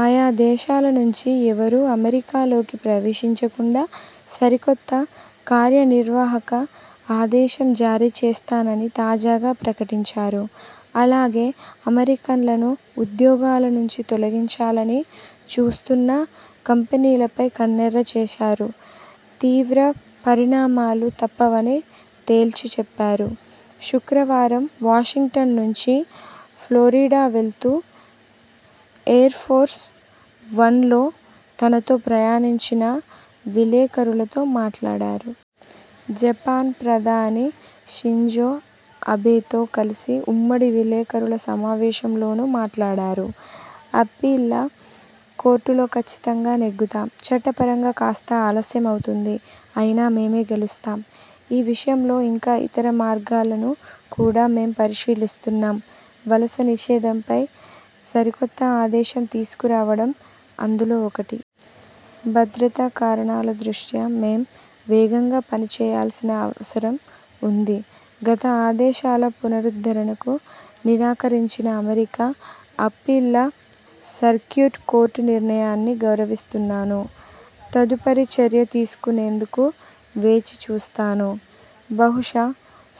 ఆయా దేశాల నుంచి ఎవరూ అమెరికాలోకి ప్రవేశించకుండా సరికొత్త కార్యనిర్వాహక ఆదేశం జారీచేస్తానని తాజాగా ప్రకటించారు. అలాగే అమెరికన్లను ఉద్యోగాలనుంచి తొలగించాలని చూస్తున్న కంపెనీలపై కన్నెర్ర చేశారు. తీవ్ర పరిణామాలు తప్పవని తేల్చిచెప్పారు. శుక్రవారం వాషింగ్టన్ నుంచి ఫ్లోరిడా వెళ్తూ ఎయిర్ఫోర్స్ వన్లో తనతో ప్రయాణించిన విలేకరులతో మాట్లాడారు. జపాన్ ప్రధాని షింజో అబెతో కలిసి ఉమ్మడి విలేకరుల సమావేశంలోనూ మాట్లాడారు. 'అప్పీళ్ల కోర్టులో కచ్చితంగా నెగ్గుతాం. చట్టపరంగా కాస్త ఆలస్యమవుతుంది. అయినా మేమే గెలుస్తాం. ఈ విషయంలో ఇంకా ఇతర మార్గాలను కూడా మేం పరిశీలిస్తున్నాం. వలసల నిషేధంపై సరికొత్త ఆదేశం తీసుకురావడం అందులో ఒకటి. భద్రతా కారణాల దృష్ట్యా మేం వేగంగా పనిచేయాల్సిన అవసరం ఉంది. గత ఆదేశాల పునరుద్ధరణకు నిరాకరించిన అమెరికా అప్పీళ్ల సర్క్యూట్ కోర్టు నిర్ణయాన్ని గౌరవిస్తున్నాను. తదుపరి చర్య తీసుకునేందుకు వేచిచూస్తాను. బహుశా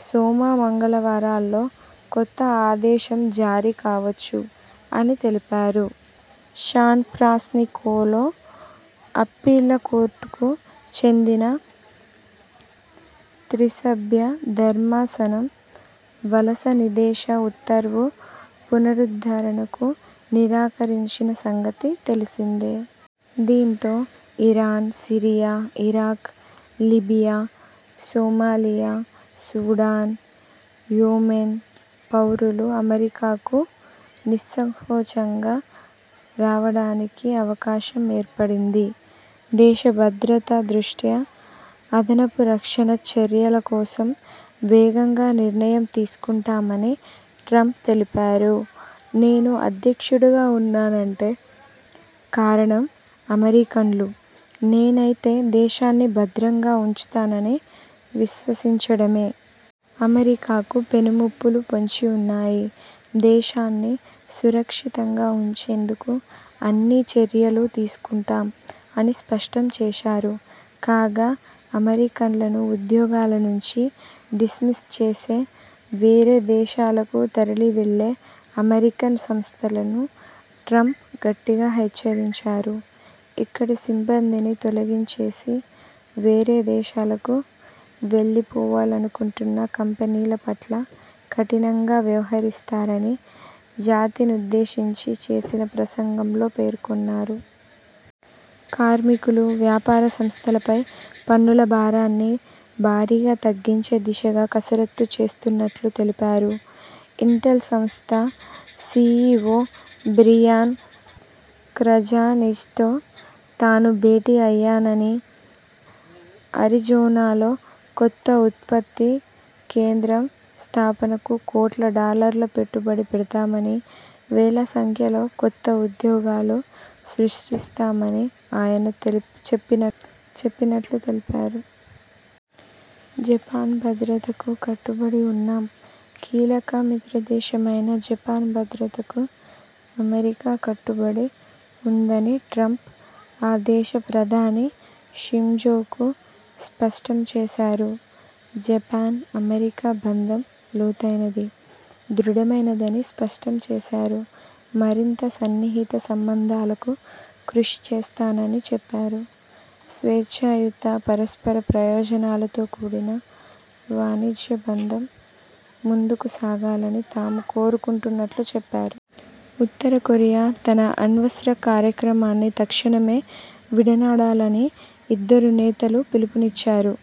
సోమ, మంగళవారాల్లో కొత్త ఆదేశం జారీ కావచ్చు' అని తెలిపారు. శాన్ఫ్రాన్సిస్కోలోని అప్పీళ్ల కోర్టుకు చెందిన త్రిసభ్య ధర్మాసనం వలసల నిషేధ ఉత్తర్వు పునరుద్ధరణకు నిరాకరించిన సంగతి తెలిసిందే. దీంతో Iran, Syria, Iraq, Libya, Somalia, Sudan, Yemen పౌరులు అమెరికాకు నిస్సంకోచంగా రావడానికి అవకాశం ఏర్పడింది. దేశ భద్రత దృష్ట్యా అదనపు రక్షణ చర్యల కోసం వేగంగా నిర్ణయం తీసుకుంటామని ట్రంప్ తెలిపారు. 'నేను అధ్యక్షుడిగా ఉన్నానంటే కారణం అమెరికన్లు నేనైతే దేశాన్ని భద్రంగా ఉంచుతానని విశ్వసించడమే. అమెరికాకు పెను ముప్పులు పొంచి ఉన్నాయి. దేశాన్ని సురక్షితంగా ఉంచేందుకు అన్ని చర్యలూ తీసుకుంటాం' అని స్పష్టం చేశారు. కాగా అమెరికన్లను ఉద్యోగాల నుంచి డిస్మిస్ చేసి వేరే దేశాలకు తరలివెళ్లే అమెరికన్ సంస్థలను ట్రంప్ గట్టిగా హెచ్చరించారు. ఇక్కడి సిబ్బందిని తొలగించేసి వేరే దేశాలకు వెళ్లిపోవాలనుకుంటున్న కంపెనీల పట్ల కఠినంగా వ్యవహరిస్తానని జాతినుద్దేశించి చేసిన ప్రసంగంలో పేర్కొన్నారు. కార్మికులు, వ్యాపార సంస్థలపై పన్నుల భారాన్ని భారీగా తగ్గించే దిశగా కసరత్తు చేస్తున్నట్లు తెలిపారు. ఇంటెల్ సంస్థ సీఈవో బ్రియాన్ క్రజానిచ్తో తాను భేటీ అయ్యానని, అరిజోనాలో కొత్త ఉత్పత్తి కేంద్రం స్థాపనకు కోట్ల డాలర్ల పెట్టుబడి పెడతామని, వేల సంఖ్యలో కొత్త ఉద్యోగాలు సృష్టిస్తామని ఆయన చెప్పినట్లు తెలిపారు. జపాన్ భద్రతకు కట్టుబడి ఉన్నాం కీలక మిత్రదేశమైన జపాన్ భద్రతకు అమెరికా కట్టుబడి ఉందని ట్రంప్ ఆ దేశ ప్రధాని షింజోకు స్పష్టం చేశారు. జపాన్-అమెరికా బంధం లోతైనది, దృఢమైనదని స్పష్టం చేశారు. మరింత సన్నిహిత సంబంధాలకు కృషిచేస్తానని చెప్పారు. స్వేచ్ఛాయుత, పరస్పర ప్రయోజనాలతో కూడిన వాణిజ్య బంధం ముందుకు సాగాలని తాము కోరుకుంటున్నట్లు చెప్పారు. ఉత్తరకొరియా తన అణ్వస్త్ర కార్యక్రమాన్ని తక్షణమే విడనాడాలని ఇద్దరు నేతలూ పిలుపిచ్చారు.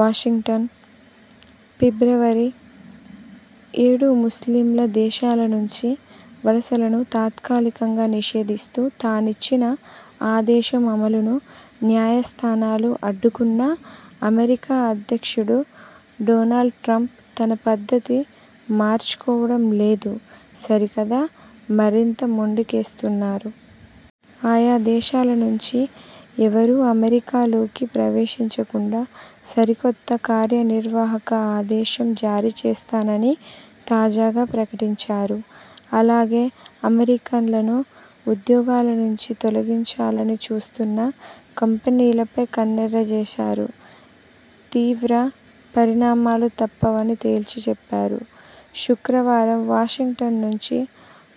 వాషింగ్టన్, ఫిబ్రవరి: ఏడు ముస్లిం దేశాల నుంచి వలసలను తాత్కాలికంగా నిషేధిస్తూ తానిచ్చిన ఆదేశం అమలును న్యాయస్థానాలు అడ్డుకున్నా అమెరికా అధ్యక్షుడు డొనాల్డ్ ట్రంప్ తన పద్ధతి మార్చుకోవడం లేదు సరికదా మరింత మొండికేస్తున్నారు. ఆయా దేశాల నుంచి ఎవరూ అమెరికాలోకి ప్రవేశించకుండా సరికొత్త కార్యనిర్వాహక ఆదేశం జారీచేస్తానని తాజాగా ప్రకటించారు. అలాగే అమెరికన్లను ఉద్యోగాలనుంచి తొలగించాలని చూస్తున్న కంపెనీలపై కన్నెర్ర చేశారు. తీవ్ర పరిణామాలు తప్పవని తేల్చిచెప్పారు. శుక్రవారం వాషింగ్టన్ నుంచి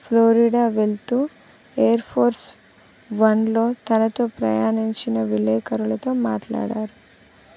ఫ్లోరిడా వెళ్తూ ఎయిర్ఫోర్స్ వన్లో తనతో ప్రయాణించిన విలేకరులతో మాట్లాడారు.